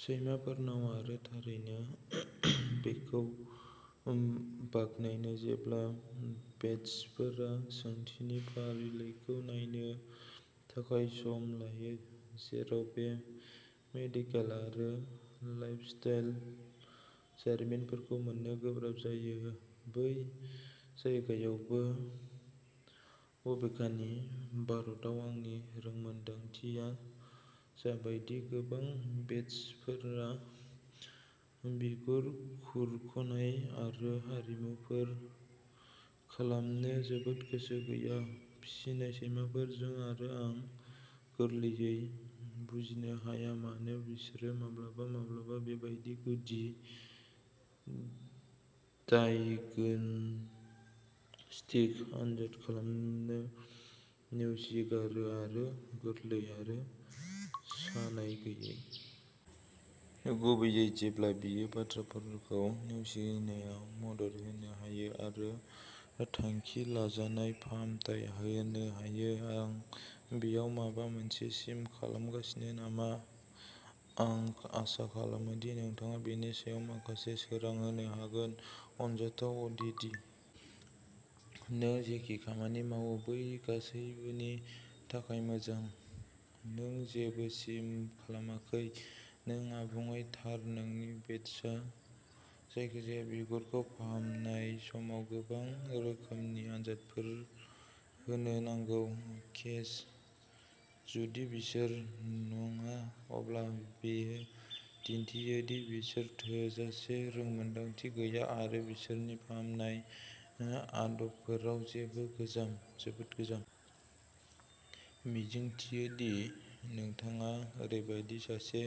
सैमाफोरनाव आरो थारैनो बेखौ ओ बाखनायो जेब्ला भेट्सफोरा सोंथिनि फारिलाइखौ नायनो थाखाय सम लायो। जेराव बे मेडिकेल आरो लाइफस्टाइल जारिमिनफोरखौ मोननो गोब्राब जायो बै जायगायावबो। बबेखानि, भारताव आंनि रोंमोनदांथिया जाबायदि गोबां भेट्सफोरा बिगुर खुरख'नाय आरो हारिमुफोर खालामनो जोबोद गोसो गैया फिसिनाय सैमाफोरजोंबो आरो आं गोरलैयै बुजिनो हाया मानो बिसोरो माब्लाबा माब्लाबा बेबादि गुदि डायग्नोस्टिक आनजाद खालामनो नेवसिगारो आरो गोरलै आरो सानाय गैयै। गुबैयै जेब्ला बेयो बाथ्राफोरखौ नेवसिनायाव मदद होनो हायो आरो थांखि लाजानाय फाहामथाय होनो हायो। आं बेयाव माबा मोनसे मिस खालामगासिनो नामा? आं आसा खालामदोंमोनदि नोंथाङा बेनि सायाव माखासे सोरां होनो हागोन। अनजाथाव अदिति। नों जेखि खामानि मावो बै गासैबोनि थाखाय मोजां। नों जेबो मिस खालामाखै। नों आबुङै थार नोंनि भेट्सआ जायखिजाया बिगुरखौ फाहामनाय समाव गोबां रोखोमनि आनजादफोर होनो नांगौ। केस। जुदि बिसोर नङा अब्ला बेयो दिन्थियोदि बिसोर थोजासे रोंमोनदांथि गैया आरो बिसोरनि फाहामनाय आदबफोराव जेबो गोजाम जोबोद गोजाम। मिजिंथियोदि नोंथाङा ओरैबायदि सासे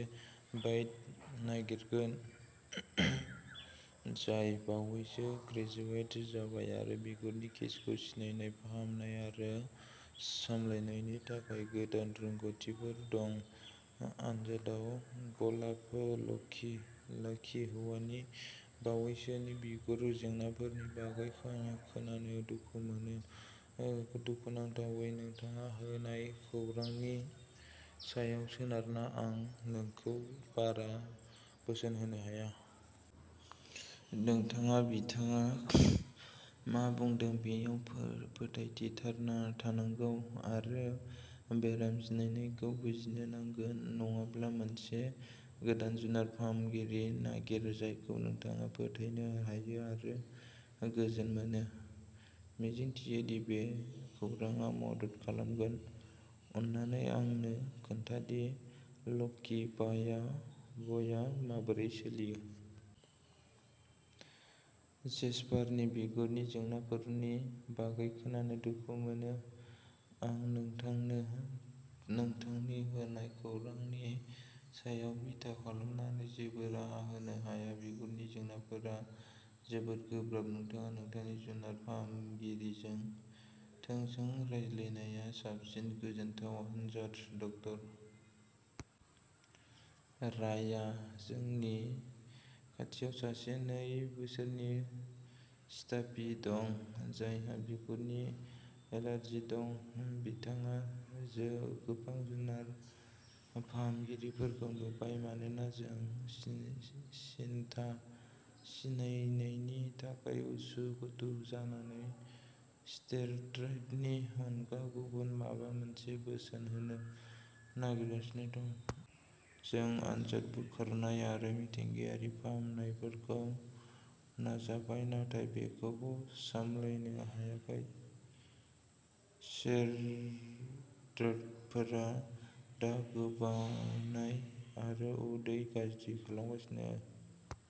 भेइट नागिरगोन जाय बावैसो ग्रेजुवेट जाबाय आरो बिगुरनि केसखौ सिनायनाय फाहामनाय आरो सामलायनायनि थाखाय गोदान रोंग'थिफोर दं। आनजादाव गलाब। लकि लाकि हौवानि बावैसोनि बिगुरनि जेंनाफोरनि बागै खोना खोनानो ओ दुखु मोनो। दुखुनांथावै नोंथाङा होनाय खौरांनि सायाव सोनारना आं नोंखौ बारा बोसोन होनो हाया। नोंथाङा बिथाङा मा बुंदों बेयाव फो-फोथायथि थानांगौ आरो बेराम सिनायनायखौ बुजिनो नांगोन। नङाब्ला मोनसे गोदान जुनार फाहामगिरि नागिर जायखौ नोंथाङा फोथायनो हायो आरो गोजोन मोनो। मिजिंथियोदि बे खौरांआ मदद खालामगोन। अन्नानै आंनो खोन्थादि लक्की बयआ माबोरै सोलियो। जेसपारनि बिगुरनि जेंनाफोरनि बागै खोनानो दुखु मोनो। आं नोंथांनो नोंथांनि होनाय खौरांनि सायाव बिथा खालामनानै जेबो राहा होनो हाया। बिगुरनि जेंनाफोरा जोबोद गोब्राब। नोंथाङा नोंथांनि जुनार फाहामगिरिजों थोंजों रायलायनाया साबसिन। गोजोनथाव। अनजाथाव ड. राय्या जोंनि खाथियाव सासे नै बोसोरनि स्टाफि दं जायहा बिगुरनि एलार्जि दं। बिथाङा गोबां जुनार फाहामगिरिफोरखौ नुबाय मानोना जों सिन सिनथा सिननायनि थाखाय उसुखुथु जानानै स्टेरइडनि अनगा गुबुन माबा मोनसे बोसोन होनो नागिरगासिनो दं। जों आदार बोखारनाय आरो मिथिंगायारि फाहामनायफोरखौ नाजाबाय नाथाय बेखौ सामलायनो हायाखै। सेरइदफोरा दा गोबानाय आरो उदै गाज्रि खालामगासिनो।